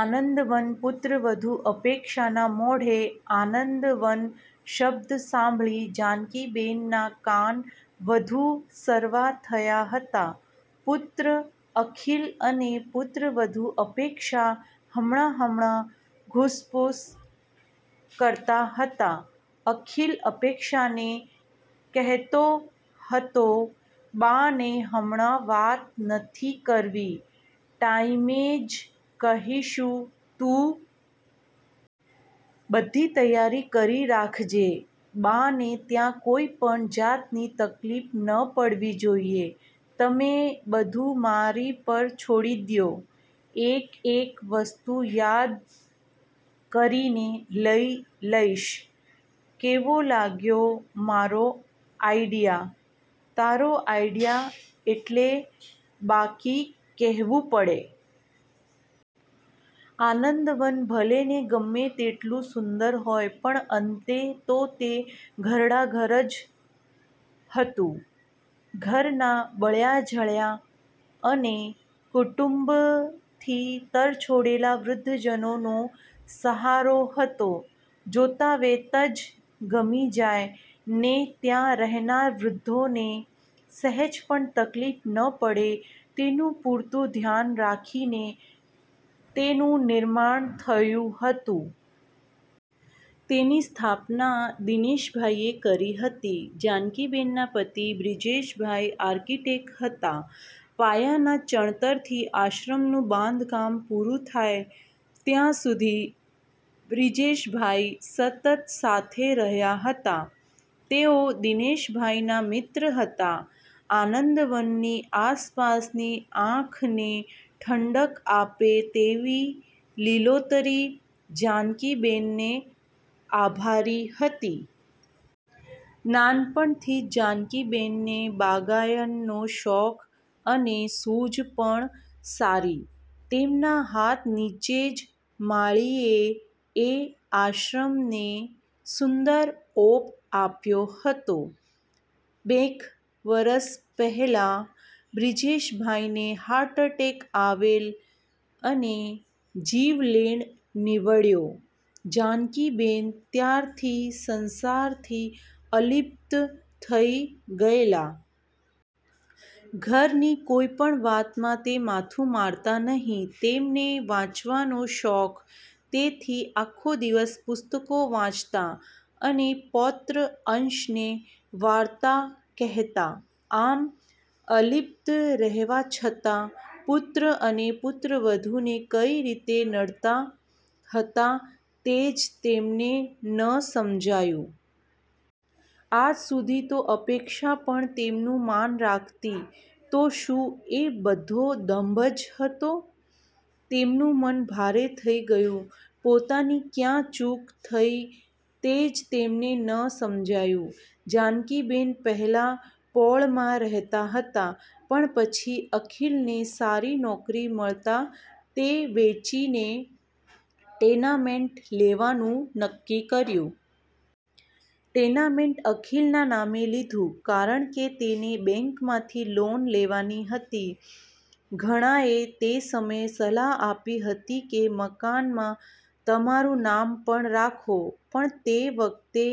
આનંદવન: પુત્રવધુ અપેક્ષાના મોઢે 'આનંદવન' શબ્દ સાંભળી જાનકીબેનના કાન વધુ સરવા થયા હતા. પુત્ર અખિલ અને પુત્રવધુ અપેક્ષા હમણાં-હમણાં ઘૂસપુસ કરતા હતા. અખિલ અપેક્ષાને કહેતો હતો "બાને હમણાં વાત નથી કરવી, ટાઇમે જ કહીશું.તું બધી તૈયારી કરી રાખજે. બાને ત્યાં કોઇ પણ જાતની તકલીફ ન પડવી જોઇએ." "તમે બધું મારી પર છોડી દ્યો, એક-એક વસ્તું યાદ કરીને લઇ લઇશ." "કેવો લાગ્યો મારો આઇડિયા?" "તારો આઇડિયા એટલે બાકી કહેવું પડે." 'આનંદવન' ભલેને ગમે તેટલું સુંદર હોય પણ અંતે તો તે ઘરડાઘર જ હતું. ઘરના બળ્યા-ઝળ્યા અને કુટુંબથી તરછોડેલા વૃદ્ધજનોનો સહારો હતો, જોતા વેંત જ ગમી જાય, ને ત્યાં રહેનાર વૃધ્ધોને સહેજ પણ તકલીફ ન પડે તેનું પૂરતું ધ્યાન રાખીને તેનું નિર્માણ થયું હતું. તેની સ્થાપના દિનેશભાઇએ કરી હતી. જાનકીબેનના પતિ બ્રીજેશભાઈ આર્કિટેક હતા. પાયાના ચણતરથી આશ્રમનું બાંધકામ પૂરું થાય ત્યાં સુધી બ્રીજેશભાઇ સતત સાથે રહ્યા હતા. તેઓ દિનેશભાઇના મિત્ર હતા. આનંદવનની આસપાસની આંખને ઠંડક આપે તેવી લીલોતરી જાનકીબેનને આભારી હતી. નાનપણથી જ જાનકીબેનને બાગાયનનો શોખ, અને સૂઝ પણ સારી. તેમના હાથ નીચે જ માળીએ એ આશ્રમને સુંદર ઓપ આપ્યો હતો. બે'ક વરસ પહેલા બ્રીજેશભાઈને હાર્ટએટેક આવેલ અને જીવલેણ નીવડ્યો. જાનકીબેન ત્યારથી સંસારથી અલિપ્ત થઇ ગયેલા. ઘરની કોઈ વાતમાં તે માથું મારતા નહીં. તેમને વાંચવાનો શોખ, તેથી આખો દિવસ પુસ્તકો વાંચતા. અને પૌત્ર અંશને વાર્તા કહેતા. આમ અલિપ્ત રહેવા છતાં પુત્ર અને પુત્રવધુને કઈ રીતે નડતા હતા તે જ તેમને ન સમજાયું. આજ સુધી તો અપેક્ષા પણ તેમનું માન રાખતી. તો શું એ બધો દંભ જ હતો? તેમનું મન ભારે થઈ ગયુ. પોતાની ક્યાં ચૂક થઈ તે જ તેમને ન સમજાયું. જાનકીબેન પહેલા પોળમાં રહેતા હતા, પણ પછી અખિલને સારી નોકરી મળતા તે વેચીને ટેનામેન્ટ લેવાનું નક્કી કર્યું. ટેનામેન્ટ અખિલના નામે લીધું, કારણ કે તેને બેંકમાંથી લોન લેવાની હતી. ઘણાંએ તે સમયે સલાહ આપી હતી કે મકાનમાં તમારું નામ પણ રાખો, પણ તે વખતે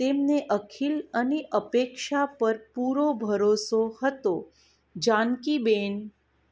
તેમને અખિલ અને અપેક્ષા પર પૂરો ભરોસો હતો. જાનકીબેન